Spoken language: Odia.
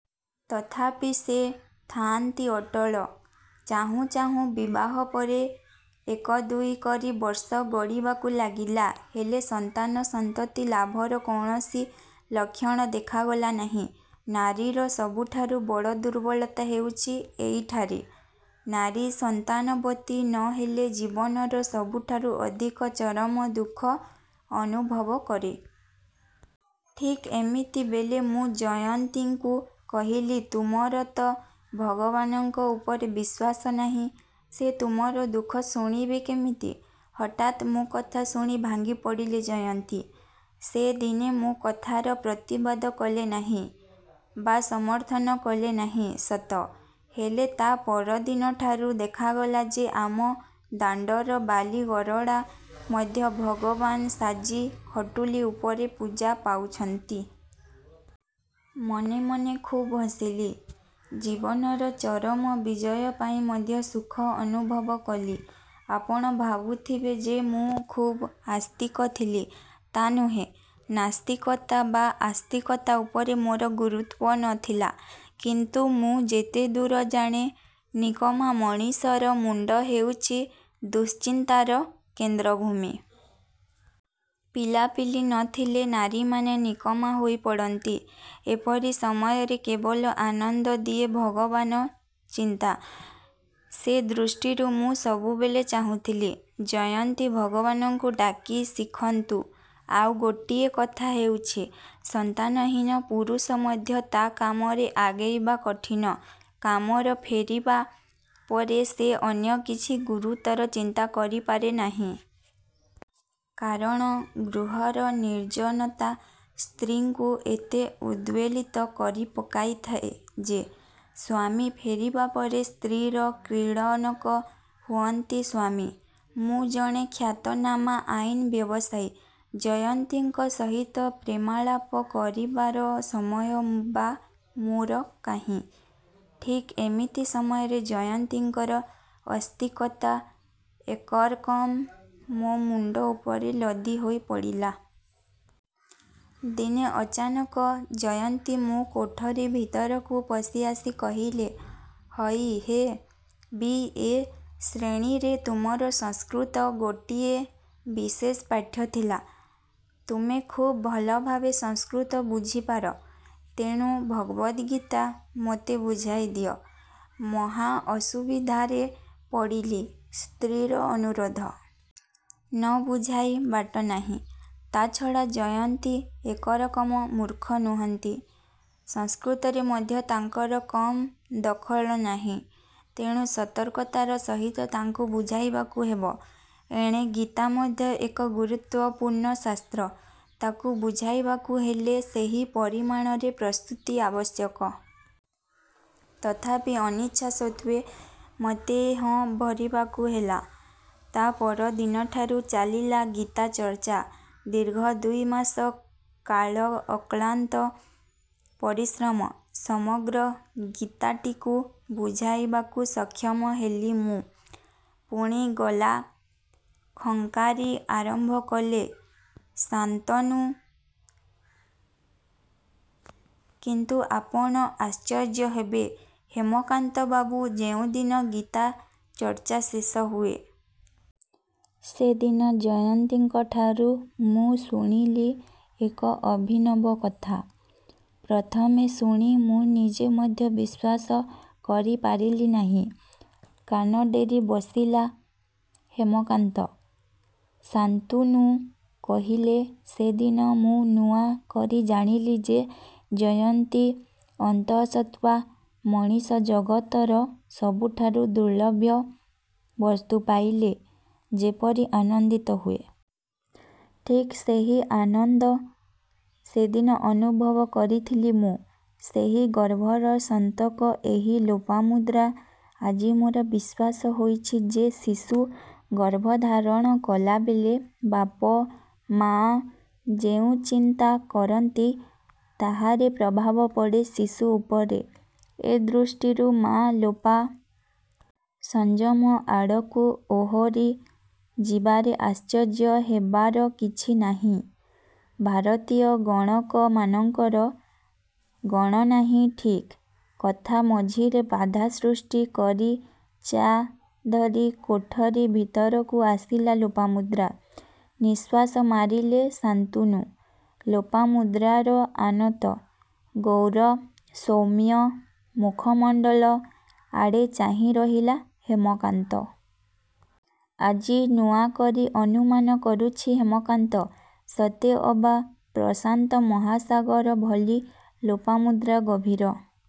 ତଥାପି ସେ ଥାଆନ୍ତି ଅଟଳ। ଚାହୁଁ ଚାହୁଁ ବିବାହ ପରେ ଏକ ଦୁଇ କରି ବର୍ଷ ଗଡ଼ିବାକୁ ଲାଗିଲା। ହେଲେ ସନ୍ତାନ ସନ୍ତତି ଲାଭର କୌଣସି ଲକ୍ଷଣ ଦେଖାଗଲା ନାହିଁ। ନାରୀର ସବୁଠାରୁ ବଡ଼ ଦୁର୍ବଳତା ହେଉଛି ଏଇଠାରେ। ନାରୀ ସନ୍ତାନବତୀ ନ ହେଲେ ଜୀବନର ସବୁଠାରୁ ଅଧିକ ଚରମ ଦୁଃଖ ଅନୁଭବ କରେ। ଠିକ୍ ଏମିତି ବେଳେ ମୁଁ ଜୟନ୍ତୀଙ୍କୁ କହିଲି ତୁମର ତ' ଭଗବାନଙ୍କ ଉପରେ ବିଶ୍ୱାସ ନାହିଁ.. ସେ ତୁମର ଦୁଃଖ ଶୁଣିବେ କେମିତି? ହଠାତ୍ ମୋ କଥା ଶୁଣି ଭାଙ୍ଗି ପଡ଼ିଲେ ଜୟନ୍ତୀ। ସେ ଦିନ ମୋ କଥାର ପ୍ରତିବାଦ କଲେ ନାହିଁ ବା ସମର୍ଥନ କଲେ ନାହିଁ ସତ, ହେଲେ ତା' ପର ଦିନଠାରୁ ଦେଖାଗଲା ଯେ ଆମ ଦାଣ୍ଡର ବାଲିଗରଡ଼ା ମଧ୍ୟ ଭଗବାନ୍ ସାଜି ଖଟୁଲି ଉପରେ ପୂଜା ପାଉଛନ୍ତି। ମନେ ମନେ ଖୁବ୍ ହସିଲି। ଜୀବନର ଚରମ ବିଜୟ ପାଇଁ ମଧ୍ୟ ସୁଖ ଅନୁଭବ କଲି। ଆପଣ ଭାବୁଥିବେ ଯେ ମୁଁ ଖୁବ୍ ଆସ୍ତିକ ଥିଲି, ତା' ନୁହେଁ। ନାସ୍ତିକତା ବା ଆସ୍ତିକତା ଉପରେ ମୋର ଗୁରୁତ୍ୱ ନ ଥିଲା। କିନ୍ତୁ ମୁଁ ଯେତେ ଦୂର ଜାଣେ ନିକମା ମଣିଷର ମୁଣ୍ଡ ହେଉଛି ଦୁଶ୍ଚିନ୍ତାର କେନ୍ଦ୍ରଭୂମି। ପିଲାପିଲି ନ ଥିଲେ ନାରୀମାନେ ନିକମା ହୋଇ ପଡ଼ନ୍ତି। ଏପରି ସମୟରେ କେବଳ ଆନନ୍ଦ ଦିଏ ଭାଗବାନ ଚିନ୍ତା, ସେ ଦୃଷ୍ଟିରୁ ମୁଁ ସବୁବେଳେ ଚାହୁଁଥିଲି-ଜୟନ୍ତି ଭଗବାନଙ୍କୁ ଡାକି ଶିଖନ୍ତୁ। ଆଉ ଗୋଟିଏ କଥା ହେଉଛି-ସନ୍ତାନହୀନ ପୁରୁଷ ମଧ୍ୟ ତା' କାମରେ ଆଗେଇବା କଠିନ। କାମର ଫେରିବା ପରେ ସେ ଅନ୍ୟ କିଛି ଗୁରୁତର ଚିନ୍ତା କରିପାରେ ନାହିଁ। କାରଣ-ଗୃହର ନିର୍ଜନତା ସ୍ତ୍ରୀଙ୍କୁ ଏତେ ଉଦ୍ବେଳିତ କରି ପକାଇଥାଏ ଯେ-ସ୍ୱାମୀ ଫେରିବା ପରେ ସ୍ତ୍ରୀର କ୍ରୀଡ଼ନକ ହୁଅନ୍ତି ସ୍ୱାମୀ। ମୁଁ ଜଣେ ଖ୍ୟାତନାମା ଆଇନ୍ ବ୍ୟବସାୟୀ। ଜୟନ୍ତୀଙ୍କ ସହିତ ପ୍ରେମାଳାପ କରିବାର ସମୟ ବା ମୋର କାହିଁ। ଠିକ୍ ଏମିତି ସମୟରେ ଜୟନ୍ତୀଙ୍କର ଅସ୍ତିକତା ଏକରକମ୍ ମୋ ମୁଣ୍ଡ ଉପରେ ଲଦି ହୋଇ ପଡ଼ିଲା। ଦିନେ ଅଚାନକ ଜୟନ୍ତୀ ମୋ କୋଠରୀ ଭିତରକୁ ପଶି ଆସି କହିଲେ-ହଇ ହେ.. ବି.. ଏ.. ଶ୍ରେଣୀରେ ତୁମର ସଂସ୍କୃତ ଗୋଟିଏ ବିଶେଷ ପାଠ୍ୟ ଥିଲା। ତୁମେ ଖୁବ୍ ଭଲଭାବେ ସଂସ୍କୃତ ବୁଝିପାର। ତେଣୁ ଭଗବତ୍ଗୀତା ମୋତେ ବୁଝାଇ ଦିଅ। ମହା ଅସୁବିଧାରେ ପଡ଼ିଲି। ସ୍ତ୍ରୀର ଅନୁରୋଧ। ନ ବୁଝାଇ ବାଟ ନାହିଁ। ତା'ଛଡ଼ା ଜୟନ୍ତୀ ଏକରକମ ମୂର୍ଖ ନୁହନ୍ତି। ସଂସ୍କୃତରେ ମଧ୍ୟ ତାଙ୍କର କମ୍ ଦଖଲ ନାହିଁ। ତେଣୁ ସତର୍କତାର ସହିତ ତାଙ୍କୁ ବୁଝାଇବାକୁ ହେବ। ଏଣେ ଗୀତା ମଧ୍ୟ ଏକ ଗୁରୁତ୍ୱପୂର୍ଣ୍ଣ ଶାସ୍ତ୍ର। ତାକୁ ବୁଝାଇବାକୁ ହେଲେ ସେହି ପରିମାଣରେ ପ୍ରସ୍ତୁତି ଆବଶ୍ୟକ। ତଥାପି ଅନିଚ୍ଛା ସତ୍ୱେ ମୋତେ ହଁ ଭରିବାକୁ ହେଲା। ତା' ପର ଦିନଠାରୁ ଚାଲିଲା ଗୀତା ଚର୍ଚ୍ଚା। ଦୀର୍ଘ ଦୁଇ ମାସ କାଳ ଅକ୍ଲାନ୍ତ ପରିଶ୍ରମ ସମଗ୍ର ଗୀତାଟିକୁ ବୁଝାଇବାକୁ ସକ୍ଷମ ହେଲି ମୁଁ। ପୁଣି ଗଳା ଖଙ୍କାରି ଆରମ୍ଭ କଲେ ଶାନ୍ତନୁ କିନ୍ତୁ ଆପଣ ଆଶ୍ଚର୍ଯ୍ୟ ହେବେ ହେମକାନ୍ତ ବାବୁ, ଯେଉଁଦିନ ଗୀତା ଚର୍ଚ୍ଚା ଶେଷ ହୁଏ ସେଦିନ ଜୟନ୍ତୀଙ୍କଠାରୁ ମୁଁ ଶୁଣିଲି ଏକ ଅଭିନବ କଥା-। ପ୍ରଥମେ ଶୁଣି ମୁଁ ନିଜେ ମଧ୍ୟ ବିଶ୍ୱାସ କରି ପାରିଲି ନାହିଁ। କାନ ଡେରି ବସିଲା ହେମକାନ୍ତ ଶାନ୍ତୁନୁ କହିଲେ-ସେଦିନ ମୁଁ ନୂଆ କରି ଜାଣିଲି ଯେ ଜୟନ୍ତୀ ଅନ୍ତଃସତ୍ୱା। ମଣିଷ ଜଗତର ସବୁଠାରୁ ଦୁର୍ଲଭ୍ୟ ବସ୍ତୁ ପାଇଲେ ଯେପରି ଆନନ୍ଦିତ ହୁଏ ଠିକ୍ ସେହି ଆନନ୍ଦ ସେଦିନ ଅନୁଭବ କରିଥିଲି ମୁଁ। ସେହି ଗର୍ଭର ସନ୍ତକ ଏହି ଲୋପାମୁଦ୍ରା। ଆଜି ମୋର ବିଶ୍ୱାସ ହୋଇଛି ଯେ ଶିଶୁ ଗର୍ଭଧାରଣ କଲାବେଳେ ବାପ ମାଆ ଯେଉଁ ଚିନ୍ତା କରନ୍ତି-ତାହାରି ପ୍ରଭାବ ପଡ଼େ ଶିଶୁ ଉପରେ ଏ ଦୃଷ୍ଟିରୁ ମାଆ ଲୋପା ସଂଯମ ଆଡ଼କୁ ଓହୋରି ଯିବାରେ ଆଶ୍ଚର୍ଯ୍ୟ ହେବାର କିଛି ନାହିଁ। ଭାରତୀୟ ଗଣକମାନଙ୍କର ଗଣନା ହିଁ ଠିକ୍। କଥା ମଝିରେ ବାଧା ସୃଷ୍ଟି କରି ଚା' ଧରି କୋଠରୀ ଭିତରକୁ ଆସିଲା ଲୋପାମୁଦ୍ରା। ନିଃଶ୍ୱାସ ମାରିଲେ ଶାନ୍ତୁନୁ। ଲୋପାମୁଦ୍ରାର ଆନତ, ଗୌର, ସୌମ୍ୟ ମୁଖମଣ୍ଡଳ ଆଡ଼େ ଚାହିଁରହିଲା ହେମକାନ୍ତ। ଆଜି ନୂଆ କରି ଅନୁମାନ କରୁଛି ହେମକାନ୍ତ। ସତେ ଅବା ପ୍ରଶାନ୍ତ ମହାସାଗର ଭଳି ଲୋପାମୁଦ୍ରା ଗଭୀର।